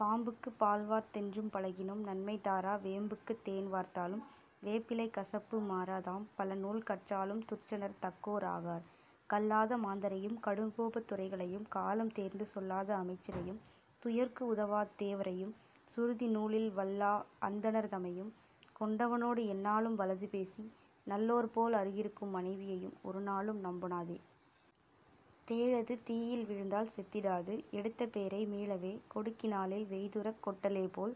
பாம்புக்கு பால்வார்த் தென்றும் பழகினும் நன்மை தாரா வேம்புக்கு தேன்வார்த்தாலும் வேப்பிலை கசப்பு மாறா தாம்பல நூல் கற்றாலும் துர்ச்சனர் தக்கோர் ஆகார். கல்லாத மாந்தரையும் கடுங்கோபத் துரைகளையும் காலம் தேர்ந்து சொல்லாத அமைச்சரையும் துயர்க்கு உதவாத் தேவரையும் சுருதி நூலில் வல்லா அந்தணர் தமையும் கொண்டவனோடு எந்நாளும் வலது பேசி நல்லார் போல் அருகிருக்கும் மனைவியையும் ஒருநாளும் நம்பொணாதே. தேளது தீயில் வீழ்ந்தால் செத்திடாது எடுத்தபேரை மீளவே கொடுக்கினாலே வெய்துறக் கொட்டலேபோல்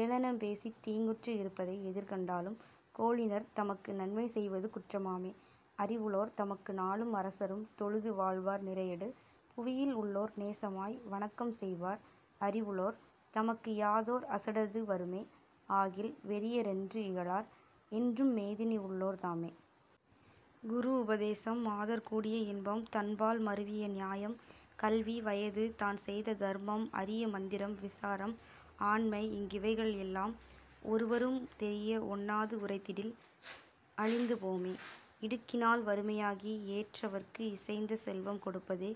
ஏளனம் பேசித் தீங்குற்று இருப்பதை எதிர்கண்டாலும் கோளினர் தமக்கு நன்மை செய்வது குற்றமாமே. அறிவுளோர் தமக்கு நாளும் அரசரும் தொழுது வாழ்வார் நிறையடு புவியில் உள்ளோர் நேசமாய் வணக்கம் செய்வார் அறிவுளோர் தமக்கு யாதோர் அசடது வருமே ஆகில் வெறியரென்று இகழார் என்றும் மேதினி உள்ளோர் தாமே. குரு உபதேசம் மாதர்கூடிய இன்பம் தன்பால் மருவிய நியாயம் கல்வி வயது தான் செய்த தர்மம் அரிய மந்திரம் விசாரம் ஆண்மை இங்கிவைகள் எல்லாம் ஒருவரும் தெரிய ஒண்ணாது உரைத்திடில் அழிந்து போமே. இடுக்கினால் வறுமையாகி ஏற்றவர்க்கு இசைந்த செல்வம் கொடுப்பதே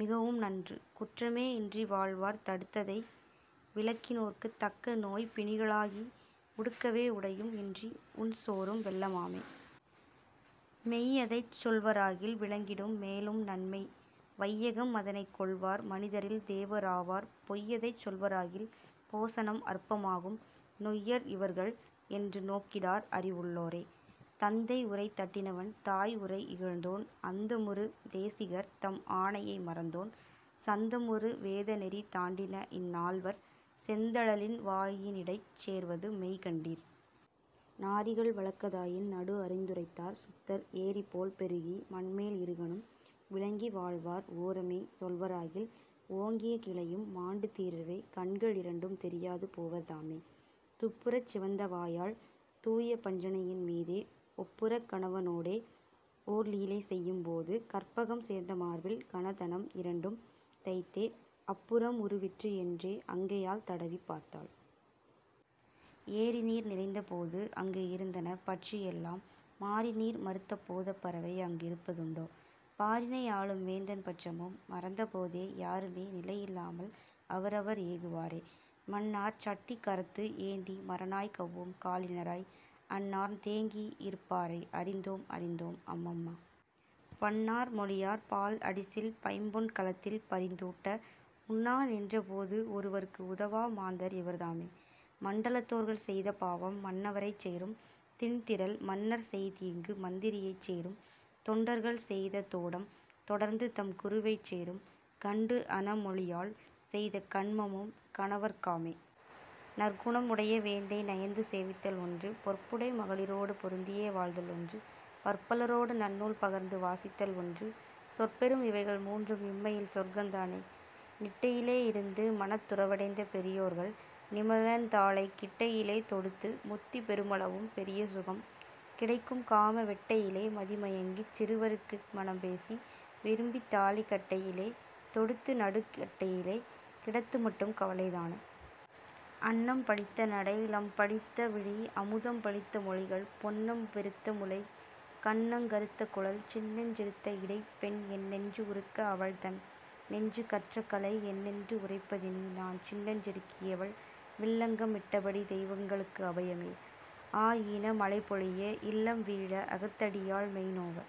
மிகவும் நன்று குற்றமே இன்றி வாழ்வார் தடுத்ததை விலக்கினோர்க்குத் தக்கநோய் பிணிகளாகி உடுக்கவே உடையும் இன்றி உண்சோறும் வெல்லமாமே. மெய்யதை சொல்வாராகில் விளங்கிடும் மேலும் நன்மை வையகம் அதனைக் கொள்வார் மனிதரில் தேவர் ஆவார் பொய்யதை சொல்வாராகில் போசனம் அற்பமாகும் நொய்யர் இவர்கள் என்று நோக்கிடார் அறிஉள்ளோரே. தந்தை உரை தட்டினவன் தாய் உரை இகழ்ந்தோன் அந்தமுறு தேசிகர் தம் ஆணையை மறந்தோன் சந்தமுறு வேத நெறி தாண்டின இந்நால்வர் செந்தழலின் வாயினிடைச் சேர்வது மெய் கண்டீர். நாரிகள் வழக்கதாயின் நடு அறிந்துரைத்தார் சுத்தர் ஏரிபோல் பெருகி மண்மேல் இருகணும் விளங்கி வாழ்வார் ஓரமே சொல்வாராகில் ஓங்கிய கிளையும் மாண்டு தீரவே கண்கள் இரண்டும் தெரியாது போவர்தாமே. துப்புறச் சிவந்தவாயாள் தூய பஞ்சணையின் மீதே ஒப்புறக் கணவனோடே ஓர்லீலை செய்யும் போது கற்பகம் சேர்ந்த மார்பில் கனதனம் இரண்டும் தைத்தே அப்புறம் உருவிற்று என்றே அங்கையால் தடவிப் பார்த்தாள். ஏரிநீர் நிறைந்த போது அங்கு இருந்தன பட்சி எல்லாம் மாரிநீர் மறுத்த போதப் பறவை அங்கிருப்பதுண்டோ? பாரினை ஆளும் வேந்தன் பட்சமும் மறந்தபோதே யாருமே நிலையில்லாமல் அவரவர் ஏகுவாரே. மண்ணார் சட்டி கரத்து ஏந்தி மரநாய் கௌவும் காலினராய் அண்ணார்ந் தேங்கி இருப்பாரை அறிந்தோம் அறிந்தோம் அம்மம்மா! பண்ணார் மொழியார் பால் அடிசில் பைம்பொன் கலத்தில் பரிந்தூட்ட உண்ணா நின்ற போது ஒருவர்க்கு உதவா மாந்தர் இவர்தாமே! மண்டலத்தோர்கள் செய்த பாவம் மன்னவரைச் சேரும் திண்திறல் மன்னர் செய்தீங்கு மந்திரியைச் சேரும் தொண்டர்கள் செய்த தோடம் தொடர்ந்து தம் குருவைச் சேரும் கண்டுஅன மொழியாள் செய்த கன்மமும் கணவர்க் காமே. நற்குணம் உடைய வேந்தை நயந்து சேவித்தல் ஒன்று பொற்புடை மகளிரோடு பொருந்தியே வாழ்தல் ஒன்று பற்பலரோடு நன்னூல் பகர்ந்து வாசித்தல் ஒன்று சொற்பெறும் இவைகள் மூன்றும் இம்மையில் சொர்க்கந் தானே. நிட்டையிலே இருந்து மனத் துறவடைந்த பெரியோர்கள் நிமலன் தாளைக் கிட்டையிலே தொடுத்து முத்தி பெருமளவும் பெரிய சுகம் கிடைக்கும் காம வெட்டையிலே மதிமயங்கிச் சிறுவருக்கு மணம்பேசி விரும்பித் தாலி கட்டையிலே தொடுத்து நடுக் கட்டையிலே கிடத்துமட்டும் கவலை தானே. அன்னம் பழித்தநடை லம் பழித்த விழி அமுதம் பழித்த மொழிகள் பொன்னம் பெருத்த முலை கன்னங் கறுத்த குழல் சின்னஞ் சிறுத்த இடை பெண் என் நெஞ்சு உருக்க அவள்தன் நெஞ்சு கற்றகலை என்என்று உரைப்பதினி நான் சின்னஞ் சிறுக்கியவள் வில்லங்கம் இட்டபடி தெய்வங் களுக்கு அபயமே! ஆஈன மழைபொழிய இல்லம் வீழ அகத்தடியாள் மெய்நோவ